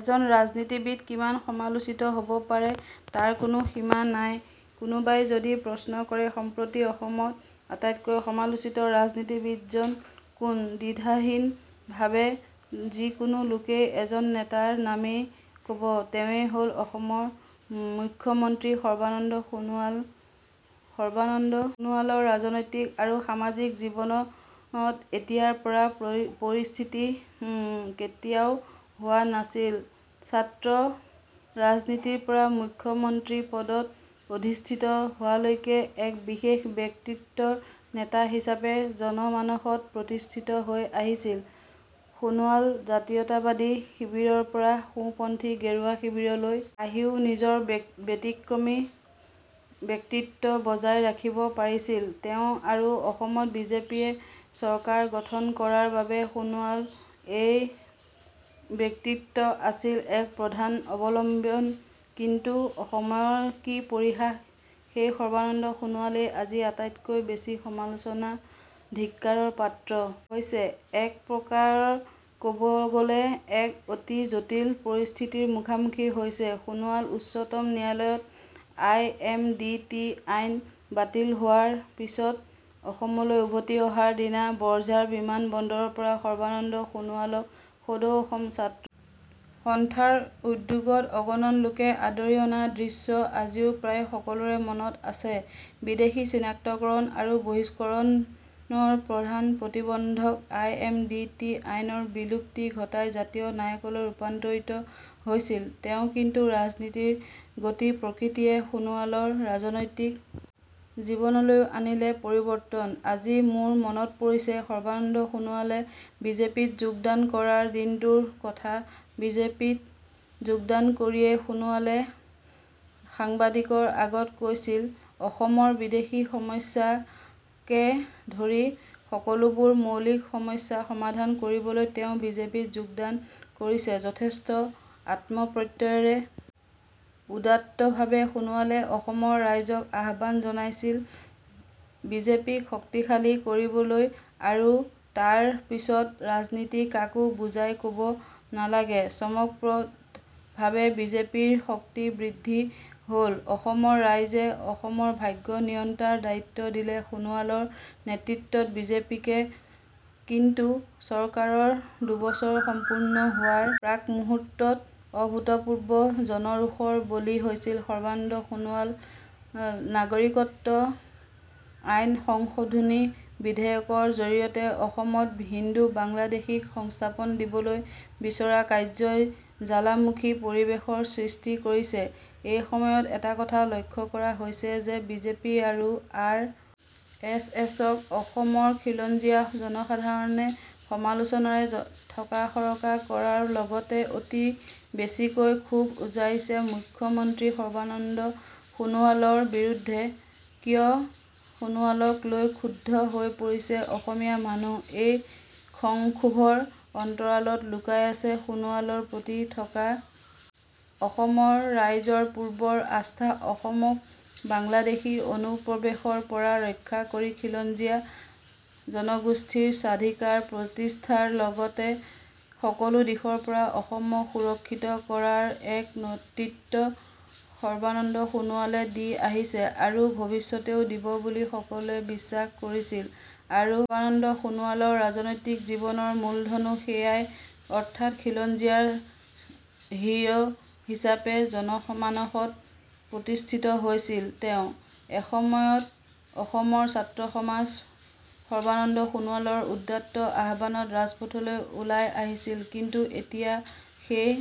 এজন ৰাজনীতিবিদ কিমান সমালোচিত হব পাৰে তাৰ কোনো সীমা নাইকোনোবাই যদি প্ৰশ্ন কৰে সম্প্ৰতি অসমত আটাইতকৈ সমালোচিত ৰাজনীতিবিদজন কোন দ্বিধাহীনভাৱে যিকোনো লোকেই এজন নেতাৰ নামেই কবতেৱেঁই হল অসমৰ মুখ্য মন্ত্ৰী সৰ্বানন্দ সোণোৱাল সৰ্বানন্দ সোণোৱালৰ ৰাজনৈতিক আৰু সামাজিক জীৱনত এতিয়াৰ দৰে পৰিস্থিতি কেতিয়াও হোৱা নাছিলছাত্ৰ ৰাজনীতিৰ পৰা মুখ্য মন্ত্ৰী পদত অধিষ্ঠিত হোৱালৈকে এক বিশেষ ব্যক্তিত্বৰ নেতা হিচাপে জনমানসত প্ৰতিষ্ঠিত হৈ আহিছিল সোণোৱালজাতীয়তাবাদী শিবিৰৰ পৰা সোঁপন্থী গেৰুৱা শিবিৰলৈ আহিও নিজৰ ব্যতিক্ৰমী ব্যক্তিত্ব বজাই ৰাখিব পাৰিছিল তেওঁআৰু অসমত বিজেপিয়ে চৰকাৰ গঠন কৰাৰ বাবে সোণোৱালৰ এই ব্যক্তিত্ব আছিল এক প্ৰধান অৱলম্বনকিন্তু সময়ৰ কি পৰিহাস সেই সৰ্বানন্দ সোণোৱালেই আজি আটাইতকৈ বেছি সমালোচনা ধিক্কাৰৰ পাত্ৰ হৈছেএক প্ৰকাৰ কবলৈ গলে এক অতি জটিল পৰিস্থিতিৰ মুখামুখি হৈছে সোণোৱালউচ্চতম ন্যায়ালয়ত আই এম ডি টি আইন বাতিল হোৱাৰ পিছত অসমলৈ উভতি অহাৰ দিনা বৰঝাৰ বিমান বন্দৰৰ পৰা সৰ্বানন্দ সোণোৱালক সদৌ অসম ছাত্ৰ সন্থাৰ উদ্যোগত অগণন লোকে আদৰি অনা দৃশ্য আজিও প্ৰায় সকলোৰে মনত আছেবিদেশী চিনাক্তকৰণ আৰু বহিষ্কৰণৰ প্ৰধান প্ৰতিবন্ধক আই এম ডি টি আইনৰ বিলুপ্তি ঘটাই জাতীয় নায়কলৈ ৰূপান্তৰিত হৈছিল তেওঁকিন্তু ৰাজনীতিৰ গতিপ্ৰকৃতিয়ে সোণোৱালৰ ৰাজনৈতিক জীৱনলৈও আনিলে পৰিৱৰ্তনআজি মোৰ মনত পৰিছে সৰ্বানন্দ সোণোৱালে বিজেপিত যোগদান কৰাৰ দিনটোৰ কথাবিজেপিত যোগদান কৰিয়েই সোণোৱালে সাংবাদিকৰ আগত কৈছিল অসমৰ বিদেশী সমস্যাকে ধৰি সকলোবোৰ মৌলিক সমস্যা সমাধান কৰিবলৈ তেওঁ বিজেপিত যোগদান কৰিছেযথেষ্ট আত্মপ্ৰত্যয়ৰে উদাত্তভাৱে সোণোৱালে অসমৰ ৰাইজক আহ্বান জনাইছিল বিজেপিক শক্তিশালী কৰিবলৈআৰু তাৰ পিছৰ ৰাজনীতি কাকো বুজাই কব নালাগেচমকপ্ৰদভাৱে বিজেপিৰ শক্তি বৃদ্ধি হলঅসমৰ ৰাইজে অসমৰ ভাগ্য নিয়ন্তাৰ দায়িত্ব দিলে সোণোৱালৰ নেতৃত্বত বিজেপিকেকিন্তু চৰকাৰৰ দুবছৰ সম্পূৰ্ণ হোৱাৰ প্ৰাক মুহূৰ্তত অভূতপূৰ্ব জনৰোষৰ বলি হৈছে সৰ্বানন্দ সোণোৱালনাগৰিকত্ব আইন সংশোধনী বিধেয়কৰ জৰিয়তে অসমত হিন্দু বাংলাদেশীক সংস্থাপন দিবলৈ বিচৰা কাৰ্যই জ্বালামুখী পৰিৱেশৰ সৃষ্টি কৰিছেএই সময়ত এটা কথা লক্ষ্য কৰা হৈছে যে বিজেপি আৰু আৰ এছ এছক অসমৰ খিলঞ্জীয়া জনসাধাৰণে সমালোচনাৰে থকাসৰকা কৰাৰ লগতে অতি বেছিকৈ ক্ষোভ উজাৰিছে মুখ্য মন্ত্ৰী সৰ্বানন্দ সোণোৱালৰ বিৰুদ্ধেকিয় সোণোৱালক লৈ ক্ষুব্ধ হৈ পৰিছে অসমীয়া মানুহ এই খংক্ষোভৰ অন্তৰালত লুকাই আছে সোণোৱালৰ প্ৰতি থকা অসমৰ ৰাইজৰ পূৰ্বৰ আস্থাঅসমক বাংলাদেশী অনুপ্ৰৱেশৰ পৰা ৰক্ষা কৰি খিলঞ্জীয়া জনগোষ্ঠীৰ স্বাধিকাৰ প্ৰতিষ্ঠাৰ লগতে সকলো দিশৰ পৰা অসমক সুৰক্ষিত কৰাৰ এক নেতৃত্ব সৰ্বানন্দ সোণোৱালে দি আহিছে আৰু ভৱিষ্যতেও দিব বুলি সকলোৱে বিশ্বাস কৰিছিলআৰু সৰ্বানন্দ সোণোৱালৰ ৰাজনৈতিক জীৱনৰ মূলধনো সেয়াইঅৰ্থাৎ খিলঞ্জীয়াৰ হিৰ হিচাপে জনমানসত প্ৰতিষ্ঠিত হৈছিল তেওঁএসময়ত অসমৰ ছাত্ৰ সমাজ সৰ্বানন্দ সোণোৱালৰ উদাত্ত আহ্বানত ৰাজপথলৈ ওলাই আহিছিলকিন্তু এতিয়া সেই